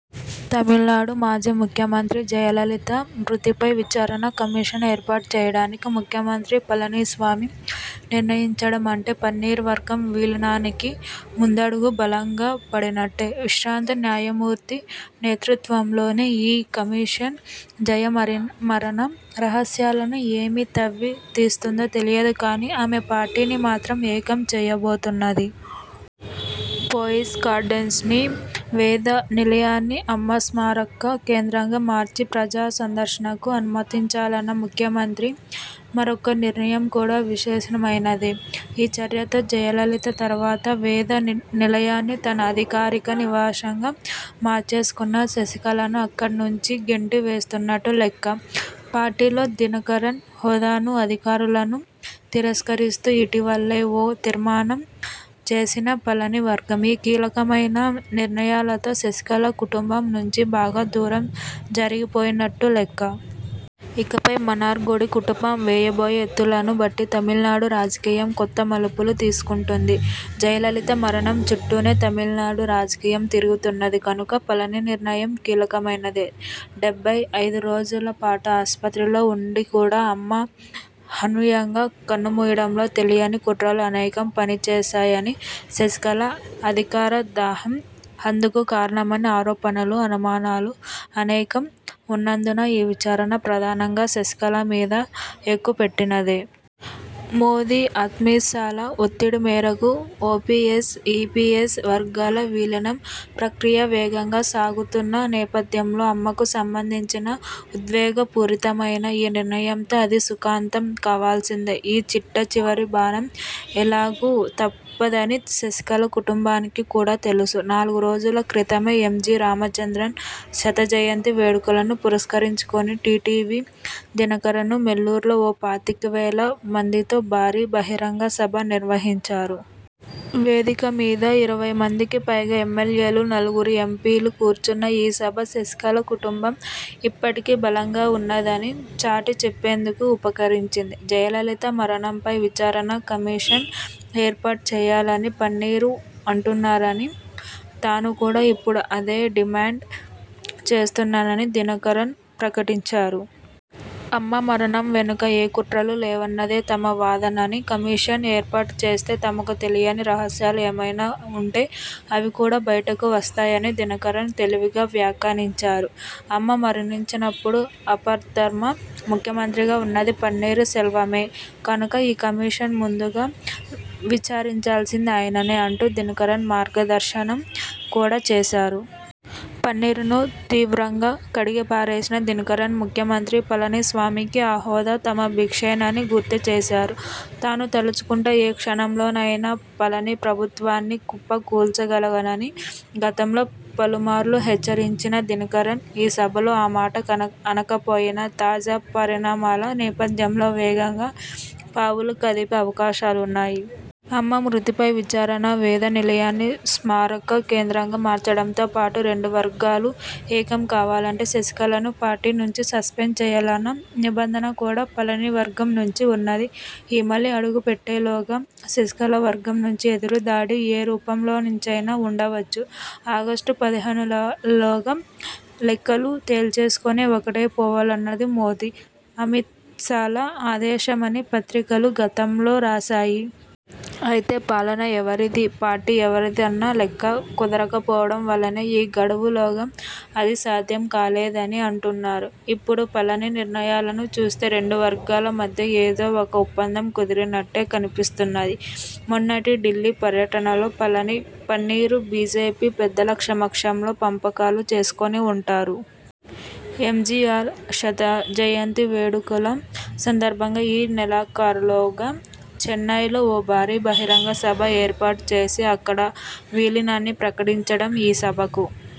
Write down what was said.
తమిళనాడు మాజీ ముఖ్యమంత్రి జయలలిత మృతిపై విచారణ కమిషన్ ఏర్పాటు చేయడానికి ముఖ్యమంత్రి పళనిస్వామి నిర్ణయించడమంటే, పన్నీరు వర్గం విలీనానికి ముందడుగు బలంగా పడినట్టే. విశ్రాంత న్యాయమూర్తి నేతృత్వంలోని ఈ కమిషన్, జయ మరణ రహస్యాలను ఏమి తవ్వి తీస్తుందో తెలియదు కానీ, ఆమె పార్టీని మాత్రం ఏకం చేయబోతున్నది. పోయిస్ గార్డెన్స్లోని వేద నిలయాన్ని అమ్మ స్మారక కేంద్రంగా మార్చి ప్రజా సందర్శనకు అనుమతించాలన్న ముఖ్యమంత్రి మరొక నిర్ణయం కూడా విశేషమైనదే. ఈ చర్యతో జయలలిత తరువాత వేద నిలయాన్ని తన అధికారిక నివాసంగా మార్చేసుకున్న శశికళను అక్కడ నుంచి గెంటి వేస్తున్నట్టు లెక్క. పార్టీలో దినకరన్ హోదానూ, అధికారాలను తిరస్కరిస్తూ ఇటీవలే ఓ తీర్మానం చేసిన పళని వర్గం, ఈ కీలకమైన నిర్ణయాలతో శశికళ కుటుంబం నుంచి బాగా దూరం జరిగిపోయినట్టు లెక్క. ఇకపై మన్నార్గుడి కుటుంబం వేయబోయే ఎత్తులను బట్టి తమిళనాడు రాజకీయం కొత్త మలుపులు తీసుకుంటుంది. జయలలిత మరణం చుట్టూనే తమిళనాడు రాజకీయం తిరుగుతున్నది కనుక పళని నిర్ణయం కీలకమైనదే. డెబ్బై ఐదు రోజుల పాటు ఆసుపత్రిలో ఉండి కూడా, అమ్మ అనూహ్యంగా కన్నుమూయడంలో తెలియని కుట్రలు అనేకం పనిచేశాయని, శశికళ అధికారదాహం అందుకు కారణమని ఆరోపణలు, అనుమానాలు అనేకం ఉన్నందున ఈ విచారణ ప్రధానంగా శశికళ మీద ఎక్కుపెట్టినదే. మోదీ అమిత్షా ల ఒత్తిడి మేరకు ఓపీఎస్, ఈపీఎస్ వర్గాల విలీనం ప్రక్రియ వేగంగా సాగుతున్న నేపథ్యంలో, అమ్మకు సంబంధించిన ఉద్వేగపూరితమైన ఈ నిర్ణయంతో అది సుఖాంతం కావాల్సిందే. ఈ చిట్టచివరి బాణం ఎలాగూ తప్పదని శశికళ కుటుంబానికి కూడా తెలుసు. నాలుగురోజుల క్రితమే ఎంజీ రామచంద్రన్ శతజయంతి వేడుకలను పురస్కరించుకొని టీటీవీ దినకరన్ మేలూర్లో ఓ పాతికవేల మందితో భారీ బహిరంగ సభ నిర్వహించారు. వేదిక మీద ఇరవై మందికి పైగా ఎమ్మెల్యేలు, నలుగురు ఎంపీలు కూర్చున్న ఈ సభ శశికళ కుటుంబం ఇప్పటికీ బలంగా ఉన్నదని చాటి చెప్పేందుకు ఉపకరించింది. జయలలిత మరణంపై విచారణ కమిషన్ ఏర్పాటుచేయాలని పన్నీరు అంటున్నారనీ, తాను కూడా ఇప్పుడు అదే డిమాండ్ చేస్తున్నానని దినకరన్ ప్రకటించారు. అమ్మ మరణం వెనుక ఏ కుట్రలూ లేవన్నదే తమ వాదననీ, కమిషన్ ఏర్పాటు చేస్తే తమకు తెలియని రహస్యాలు ఏమైనా ఉంటే అవి కూడా బయటకు వస్తాయని దినకరన్ తెలివిగా వ్యాఖ్యానించారు. అమ్మ మరణించినప్పుడు ఆపద్ధర్మ ముఖ్యమంత్రిగా ఉన్నది పన్నీరు సెల్వమే కనుక, ఈ కమిషన్ ముందుగా విచారించాల్సింది ఆయననే అంటూ దినకరన్ మార్గదర్శనం కూడా చేశారు. పన్నీరును తీవ్రంగా కడిగిపారేసిన దినకరన్ ముఖ్యమంత్రి పళనిస్వామికి ఆ హోదా తమ బిక్షేనని గుర్తుచేశారు. తాను తలచుకుంటే ఏ క్షణంలోనైనా పళని ప్రభుత్వాన్ని కుప్ప కూల్చగలనని గతంలో పలుమార్లు హెచ్చరించిన దినకరన్, ఈ సభలో ఆ మాట అనకపోయినా, తాజా పరిణామాల నేపథ్యంలో వేగంగా పావులు కదిపే అవకాశాలున్నాయి. అమ్మ మృతిపై విచారణ, వేద నిలయాన్ని స్మారక కేంద్రంగా మార్చడంతో పాటు, రెండు వర్గాలు ఏకం కావాలంటే శశికళను పార్టీనుంచి సస్పెండ్ చేయాలన్న నిబంధన కూడా పళనివర్గం నుంచి ఉన్నది. ఈ మలి అడుగుపడేలోగా శశికళ వర్గం నుంచి ఎదురుదాడి ఏ రూపంలోనుంచైనా ఉండవచ్చు. ఆగస్టు పదిహేనులోగా లెక్కలు తేల్చేసుకొని, ఒక్కటైపోవాలన్నది మోదీ, అమిత్షాల ఆదేశమని పత్రికలు గతంలో రాశాయి. అయితే, పాలన ఎవరిది, పార్టీ ఎవరిదన్న లెక్క కుదరకపోవడం వల్లనే ఈ గడువులోగా అది సాధ్యం కాలేదని అంటున్నారు. ఇప్పుడు పళని నిర్ణయాలను చూస్తే రెండువర్గాల మధ్య ఏదో ఒక ఒప్పందం కుదిరినట్టే కనిపిస్తున్నది. మొన్నటి ఢిల్లీ పర్యటనలో పళని, పన్నీరు బీజేపీ పెద్దల సమక్షంలో పంపకాలు చేసుకొని ఉంటారు. ఎంజీఆర్ శతజయంతి వేడుకల సందర్భంగా ఈ నెలాఖరులోగా చెన్నయ్లో ఓ భారీ బహిరంగ సభ ఏర్పాటు చేసి, అక్కడ ఈ విలీనాన్ని ప్రకటించడం, ఈ సభకు